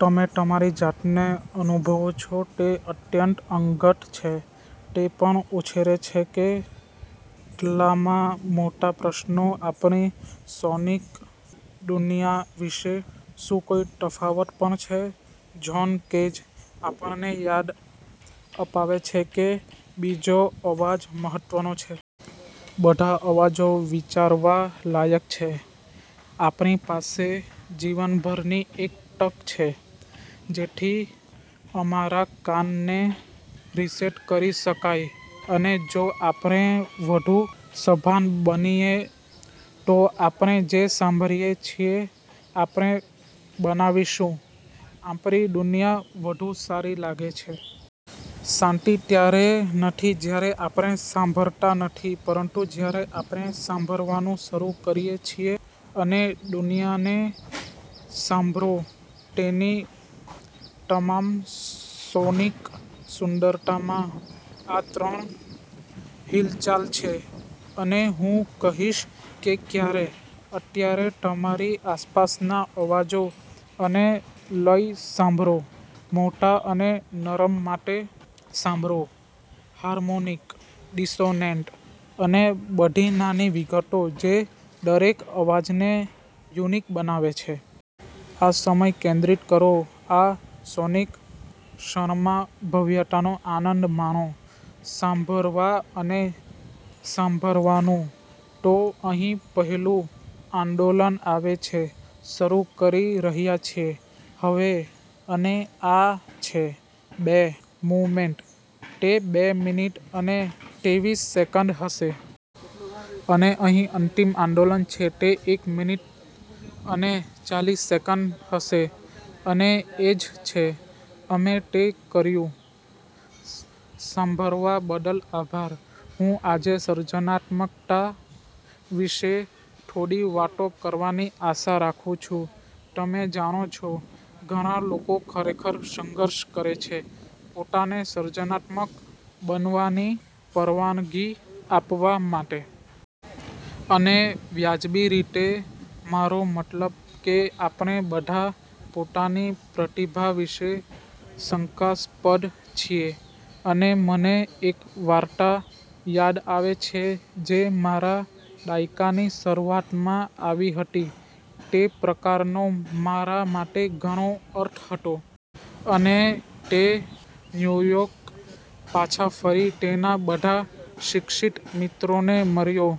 તમે તમારી જાતને અનુભવો છો. તે અત્યંત અંગત છે. તે પણ ઉછેરે છે કેટલાક મોટા પ્રશ્નો આપણી સોનિક દુનિયા વિશે. શું કોઈ તફાવત પણ છે? જ્હોન કેજ આપણને યાદ અપાવે છે કે બીજો અવાજ મહત્ત્વનો છે. બધા અવાજો વિચારવા લાયક છે. આપણી પાસે જીવનભરની એક તક છે જેથી અમારા કાન ને રીસેટ કરી શકાય. અને જો આપણે વધુ સભાન બનીએ તો આપણે જે સાંભળીએ છીએ, આપણે બનાવીશું. આપણી દુનિયા વધુ સારી લાગે છે. શાંતિ ત્યારે નથી જ્યારે આપણે સાંભળતા નથી, પરંતુ જ્યારે આપણે સાંભળવાનું શરૂ કરીએ છીએ અને દુનિયાને સાંભળો તેની તમામ સોનિક સુંદરતામાં. આ ત્રણ હિલચાલ છે, અને હું કહીશ કે ક્યારે. અત્યારે તમારી આસપાસના અવાજો અને લય સાંભળો, મોટા અને નરમ માટે સાંભળો, હાર્મોનિક, ડિસોનેન્ટ, અને બધી નાની વિગતો જે દરેક અવાજને યુનિક બનાવે છે. આ સમય કેન્દ્રિત કરો આ સોનિક ક્ષણમાં. ભવ્યતાનો આનંદ માણો સાંભળવા અને સાંભળવા નું. તો અહીં પહેલું આંદોલન આવે છે. શરૂ કરી રહ્યા છીએ... હવે. અને આ છે બે મૂવમેન્ટ. તે બે મિનિટ અને તેવીસ સેકન્ડ હશે. અને અહીં અંતિમ આંદોલન છે. તે એક મિનિટ અને ચાલીસ સેકન્ડ હશે. અને એ જ છે, અમે તે કર્યું. સાંભળવા બદલ આભાર. હું આજે સર્જનાત્મકતા વિશે થોડી વાતો કરવાની આશા રાખું છું. તમે જાણો છો, ઘણા લોકો ખરેખર સંઘર્ષ કરે છે પોતાને સર્જનાત્મક બનવાની પરવાનગી આપવા માટે. અને વ્યાજબી રીતે. મારો મતલબ કે આપણે બધા પોતાની પ્રતિભા વિશે શંકાસ્પદ છીએ. અને મને એક વાર્તા યાદ આવે છે જે મારા દાયકાની શરૂઆતમાં આવી હતી તે પ્રકારનો મારા માટે ઘણો અર્થ હતો. અને તે ન્યૂયોર્ક પાછા ફરી તેના બધા શિક્ષિત મિત્રોને મળ્યો,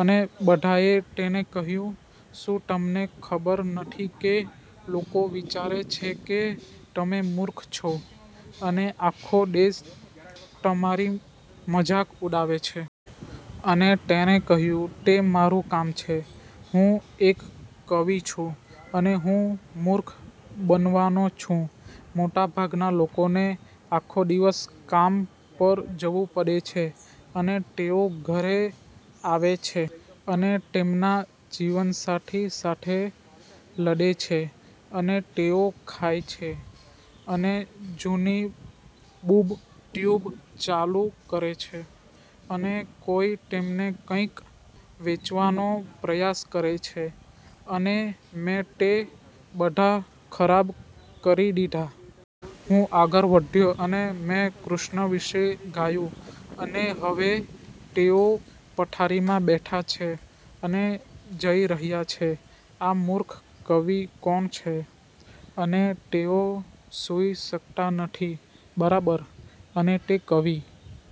અને બધાએ તેને કહ્યું, "શું તમને ખબર નથી કે લોકો વિચારે છે કે તમે મૂર્ખ છો, અને આખો દેશ તમારી મજાક ઉડાવે છે? " અને તેણે કહ્યું, "તે મારું કામ છે. હું એક કવિ છું, અને હું મૂર્ખ બનવાનો છું. મોટાભાગના લોકોને આખો દિવસ કામ પર જવું પડે છે, અને તેઓ ઘરે આવે છે અને તેમના જીવનસાથી સાથે લડે છે, અને તેઓ ખાય છે, અને જૂની બૂબ ટ્યુબ ચાલુ કરે છે, અને કોઈ તેમને કંઈક વેચવાનો પ્રયાસ કરે છે, અને મેં તે બધા ખરાબ કરી દીધા. હું આગળ વધ્યો અને મેં કૃષ્ણ વિશે ગાયું, અને હવે તેઓ પથારીમાં બેઠા છે અને જઈ રહ્યા છે, 'આ મૂર્ખ કવિ કોણ છે? ' અને તેઓ સુઈ શકતા નથી, બરાબર? " અને તે કવિ